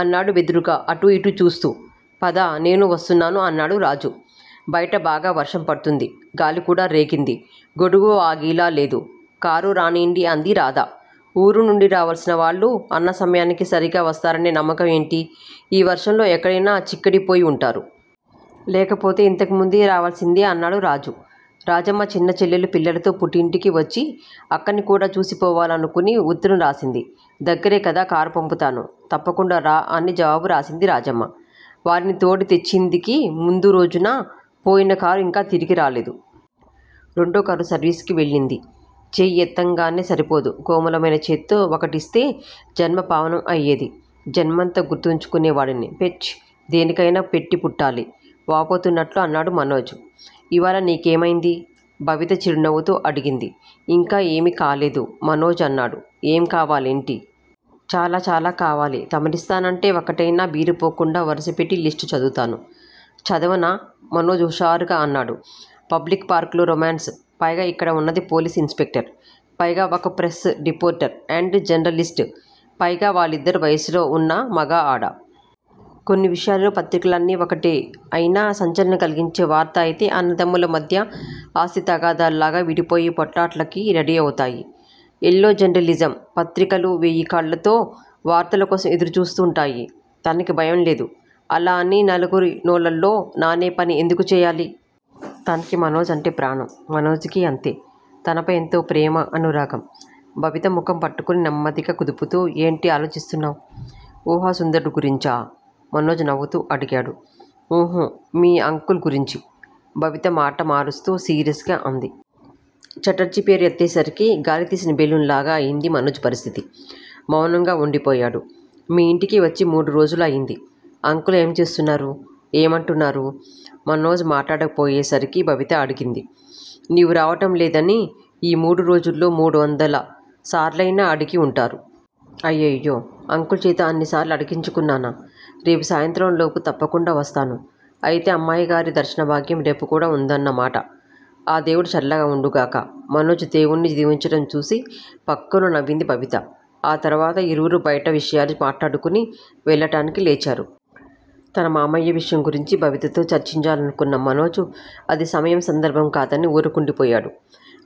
అన్నాడు బెదురుగా ఇటు అటు చూస్తూ. పద, నేనూ వస్తున్నాను అన్నాడు రాజు. బయట బాగా వర్షం పడుతుంది. గాలికూడా రేగింది. గొడుగు ఆగేలా లేదు. కారు రానీండి అంది రాధ. ఊరినుండి రావలసినవాళ్ళు అన్న సమయానికి సరిగా వస్తారనే నమ్మకం ఏమిటి? ఈ వర్షంలో ఎక్కడైనా చిక్కడిపోయి వుంటారు. లేకపోతే ఇంతకుముందే రావలసింది అన్నాడు రాజు. రాజమ్మ చిన్నచెల్లెలు పిల్లలతో పుట్టినింటికి వచ్చి, అక్కని కూడా చూసిపోవాలనుకొని ఉత్తరం వ్రాసింది. దగ్గిరే కదా, కారు పంపుతాను, తప్పకుండా రా అని జవాబు వ్రాసింది రాజమ్మ. వారిని తోడి తెచ్చిందికి ముందురోజున పోయిన కారు ఇంకా తిరిగి రాలేదు. రెండోకారు సర్వీసుకి వెళ్ళింది. చేయి ఎత్తంగానే సరిపోదు కోమలమైన చేత్తో వక్కటిస్తే జన్మ పావనం అయ్యేది. జన్మంతా గుర్తించుకునే వాడిని పిచ్ దేనికయినా పెట్టిపుట్టాలి. వాపోతున్నట్లు అన్నాడు మనోజు. ఇవాళ నీకేమయింది? బబిత చిరునవ్వుతో అడిగింది. ఇంకా ఏమీ కాలేదు మనోజ్ అన్నాడు. ఏం కావాలేంటీ? చాలా చాలా కావాలి. తమరిస్తానంటే వక్కటైనా బీరుపోకుండా వరుసపెట్టి లిస్ట్ చదువుతాను. చదవనా! మనోజ్ ఉషారుగా అన్నాడు. పబ్లిక్ పార్కులో రొమాన్స్ పైగా ఇక్కడ వున్నది పోలీసు ఇన్ స్పెక్టరు. ఒక ప్రెస్ రిపోర్టర్ అండ్ జర్నలిస్ట్ పైగ వాళ్ళిద్దరూ వయసులో వున్న మగ ఆడ. కొన్ని విషయాలలో పత్రికలన్నీ వకటే అయినా సంచలనం కలిగించే వార్త అయితే అన్నదమ్ముల మధ్య ఆస్తి తగాదాల్లాగా విడిపోయి పోట్లాటకి రెడీ అవుతాయి. ఎల్లో జర్నలిజం పత్రికలు వేయికళ్ళతో వార్తల కోసం ఎదురు చూస్తుంటాయి తనకి భయంలేదు. అలా అని నలుగురి నోళ్ళలో నానేపని ఎందుకు చేయాలి! తనకి మనోక్ అంటే ప్రాణం, మనోజ్ కి అంతే తనపై ఎంతో ప్రేమ అనురాగం బబిత ముఖం పట్టుకుని నిమ్మదిగ కుదుపుతూ ఏంటి ఆలోచిస్తున్నావ్! ఊహా సుందరుడి గురించా? మనోజ్ నవ్వుతూ అడిగాడు. ఉహూ మీ అంకుల్ గురించి. బబిత మాట మారుస్తూ సీరియస్ గా అంది. ఛటర్జీ పేరు ఎత్తేసరికి గాలి తీసిన బెలూన్ లాగా అయింది మనోజ్ పరిస్థితి, మౌనంగా వుండిపోయాడు. మీ యింటికి వచ్చి మూడు రోజులు అయింది. అంకుల్ ఏం చేస్తున్నారు! ఏమంటున్నారు? మనోజ్ మాట్లాడకపోయేసరికి బబిత అడిగింది. నీవు రావటం లేదని ఈ మూడు రోజుల్లో మూడు వందల సార్లయినా అడిగివుంటారు. అయ్యెయ్యో! అంకుల్ చేత అన్నిసార్లు అడిగించుకున్నానా! రేపు సాయంత్రం లోపల తప్పకుండావస్తాను. అయితే అమ్మాయిగారి దర్శనభాగ్యం రేపు కూడా వుందన్నమాట. ఆ దేవుడు చల్లగ వుండుగాక. మనోజ్ దేముణ్ని దీవించటం చూసి ఫక్కున నవ్వింది బబిత. ఆ తర్వాత ఇరువురు బైట విషయాలు మాట్లాడుకుని వెళ్ళటానికి లేచారు. తన మామయ్య విషయం వివరంగ బబితతో చర్చించాలనుకున్న మనోజ్ అది సమయము సందర్భము కాదని ఊరుకుండిపోయాడు.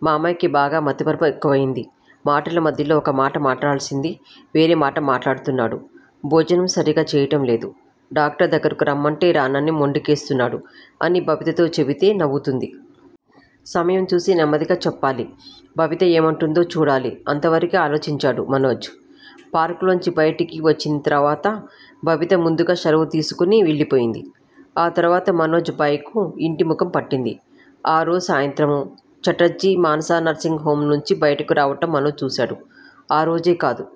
మామయ్యకి బాగా మతిమరుపు ఎక్కువయింది. మాటల మధ్యలో ఒక మాట మాట్లాడాల్సింది. వేరే మాట మాట్లాడుతున్నాడు. భోజనం సరీగ చేయటంలేదు. డాక్టర్ దగ్గరకు రమ్మంటే రానని మొండికేస్తున్నాడు అని బబితతో చెపితే నవ్వుతుంది. సమయంచూసి నెమ్మదిగా చెప్పాలి. బబిత ఏమంటుందో చూడాలి అంతవరకే ఆలోచించాడు మనోజ్. పార్క్ లోంచి బైటికి వచ్చింతరువాత బబిత ముందుగా శలవు తీసుకుని వెళ్ళిపోయింది. ఆ తర్వాత మనోజ్ బైక్ ఇంటి ముఖం పట్టింది. ఈ రోజు సాయంత్రం. ఛటర్జీ. మానసా నర్సింగ్ హోమ్ నుంచి బయటకి రావటం మనోజ్ చూశాడు. ఈ రోజే కాదు